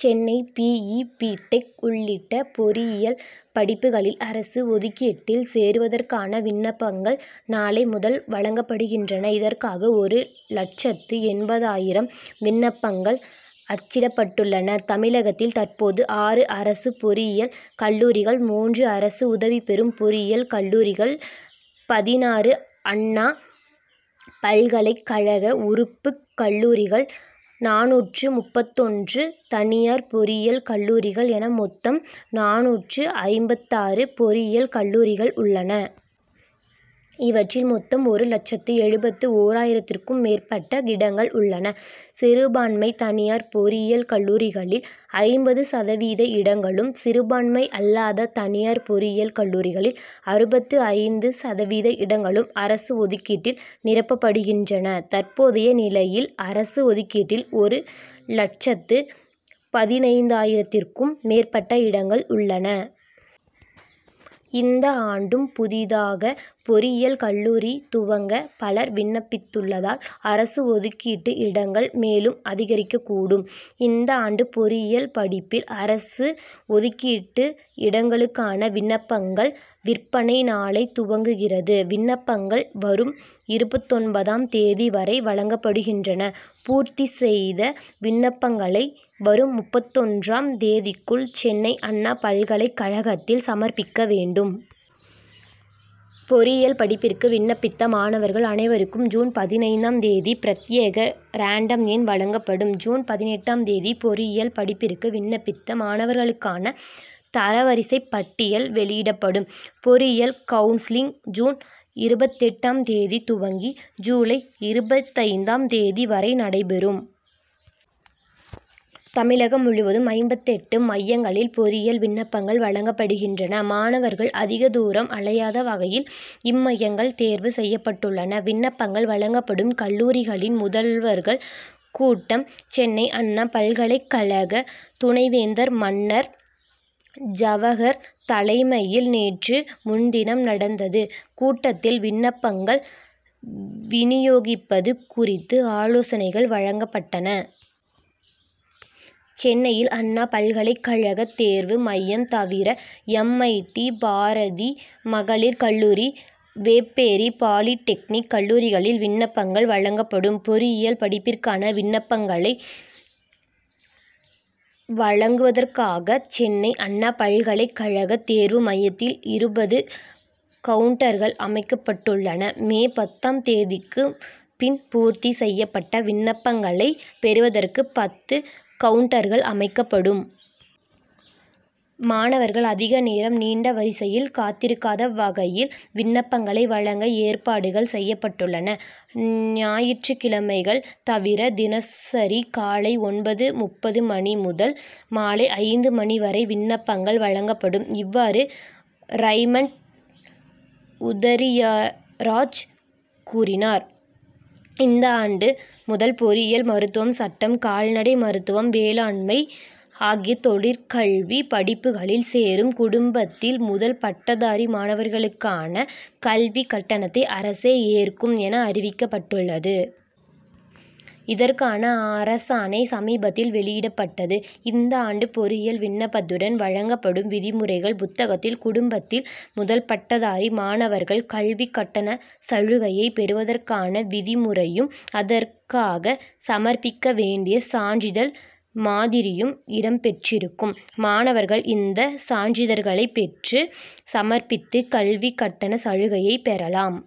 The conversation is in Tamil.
Chennai B. E. B. Tech. உள்ளிட்ட பொறியியல் படிப்புகளில் அரசு ஒதுக்கீட்டில் சேருவதற்கான விண்ணப்பங்கள் நாளை முதல் வழங்கப்படுகின்றன. இதற்காக ஒரு லட்சத்து எண்பதாயிரம் விண்ணப்பங்கள் அச்சிடப்பட்டுள்ளன. தமிழகத்தில் தற்போது ஆறு அரசு பொறியியல் கல்லூரிகள் மூன்று அரசு உதவிபெறும் பொறியியல் கல்லூரிகள் பதினாறு அண்ணா பல்கலைக் கழக உறுப்புக் கல்லூரிகள் நானூற்று முப்பத்தொன்று தனியார் பொறியியல் கல்லூரிகள் என மொத்தம் நானூற்று ஐம்பத்தாறு பொறியியல் கல்லூரிகள் உள்ளன. இவற்றில் மொத்தம் ஒரு லட்சத்து எழுபத்து ஓராயிரத்திற்கும் மேற்பட்ட இடங்கள் உள்ளன. சிறுபான்மை தனியார் பொறியியல் கல்லூரிகளில் ஐம்பது சதவீத இடங்களும் சிறுபான்மை அல்லாத தனியார் பொறியியல் கல்லூரிகளில் அறுபத்து ஐந்து சதவீத இடங்களும் அரசு ஒதுக்கீட்டில் நிரப்பப்படுகின்றன. தற்போதைய நிலையில் அரசு ஒதுக்கீட்டில் ஒரு லட்சத்து பதினைந்தாயிரத்திற்கும் மேற்பட்ட இடங்கள் உள்ளன. இந்த ஆண்டும் புதிதாக பொறியியல் கல்லூரி துவங்க பலர் விண்ணப்பித்துள்ளதால் அரசு ஒதுக்கீட்டு இடங்கள் மேலும் அதிகரிக்கக்கூடும். இந்த ஆண்டு பொறியியல் படிப்பில் அரசு ஒதுக்கீட்டு இடங்களுக்கான விண்ணப்பங்கள் விற்பனை நாளை துவங்குகிறது. விண்ணப்பங்கள் வரும் இருபத்தொன்பதாம் தேதி வரை வழங்கப்படுகின்றன. பூர்த்தி செய்த விண்ணப்பங்களை வரும் முப்பத்தொன்றாம் தேதிக்குள் சென்னை அண்ணா பல்கலைக் கழகத்தில் சமர்ப்பிக்க வேண்டும். பொறியியல் படிப்பிற்கு விண்ணப்பித்த மாணவர்கள் அனைவருக்கும் ஜூன் பதினைந்தாம் தேதி பிரத்யேக ரேண்டம் எண் வழங்கப்படும். ஜூன் பதினெட்டாம் தேதி பொறியியல் படிப்பிற்கு விண்ணப்பித்த மாணவர்களுக்கான தரவரிசைப் பட்டியல் வெளியிடப்படும். பொறியியல் கவுன்சிலிங் ஜூன் இருபத்தெட்டாம் தேதி துவங்கி ஜூலை இருபத்தைந்தாம் தேதி வரை நடைபெறும். தமிழகம் முழுவதும் ஐம்பத்தெட்டு மையங்களில் பொறியியல் விண்ணப்பங்கள் வழங்கப்படுகின்றன. மாணவர்கள் அதிக தூரம் அலையாத வகையில் இம்மையங்கள் தேர்வு செய்யப்பட்டுள்ளன. விண்ணப்பங்கள் வழங்கப்படும் கல்லூரிகளின் முதல்வர்கள் கூட்டம் சென்னை அண்ணா பல்கலைக் கழக துணைவேந்தர் மன்னர் ஜவகர் தலைமையில் நேற்று முன்தினம் நடந்தது. கூட்டத்தில் விண்ணப்பங்கள் வினியோகிப்பது குறித்து ஆலோசனைகள் வழங்கப்பட்டன. சென்னையில் அண்ணா பல்கலைக் கழக தேர்வு மையம் தவிர எம். ஐ. டி. பாரதி மகளிர் கல்லூரி வேப்பேரி பாலிடெக்னிக் கல்லூரிகளில் விண்ணப்பங்கள் வழங்கப்படும். பொறியியல் படிப்பிற்கான விண்ணப்பங்களை வழங்குவதற்காக சென்னை அண்ணா பல்கலைக் கழக தேர்வு மையத்தில் இருபது கவுன்டர்கள் அமைக்கப்பட்டுள்ளன. மே பத்தாம் தேதிக்கு பின் பூர்த்தி செய்யப்பட்ட விண்ணப்பங்களை பெறுவதற்கு பத்து கவுன்டர்கள் அமைக்கப்படும். மாணவர்கள் அதிக நேரம் நீண்ட வரிசையில் காத்திருக்காத வகையில் விண்ணப்பங்களை வழங்க ஏற்பாடுகள் செய்யப்பட்டுள்ளன. ஞாயிற்றுக்கிழமைகள் தவிர தினசரி காலை ஒன்பது முப்பது மணி முதல் மாலை ஐந்து மணி வரை விண்ணப்பங்கள் வழங்கப்படும். இவ்வாறு ரைமண்ட் உதரியராஜ் கூறினார். இந்த ஆண்டு முதல் பொறியியல் மருத்துவம் சட்டம் கால்நடை மருத்துவம் வேளாண்மை ஆகிய தொழிற்கல்வி படிப்புகளில் சேரும் குடும்பத்தில் முதல் பட்டதாரி மாணவர்களுக்கான கல்விக் கட்டணத்தை அரசே ஏற்கும் என அறிவிக்கப்பட்டுள்ளது. இதற்கான அரசாணை சமீபத்தில் வெளியிடப்பட்டது. இந்த ஆண்டு பொறியியல் விண்ணப்பத்துடன் வழங்கப்படும் விதிமுறைகள் புத்தகத்தில் குடும்பத்தில் முதல் பட்டதாரி மாணவர்கள் கல்விக் கட்டண சலுகையை பெறுவதற்கான விதிமுறையும் அதற்காக சமர்ப்பிக்க வேண்டிய சான்றிதழ் மாதிரியும் இடம்பெற்றிருக்கும். மாணவர்கள் இந்த சான்றிதழ்களை பெற்று சமர்ப்பித்து கல்விக் கட்டண சலுகையை பெறலாம்.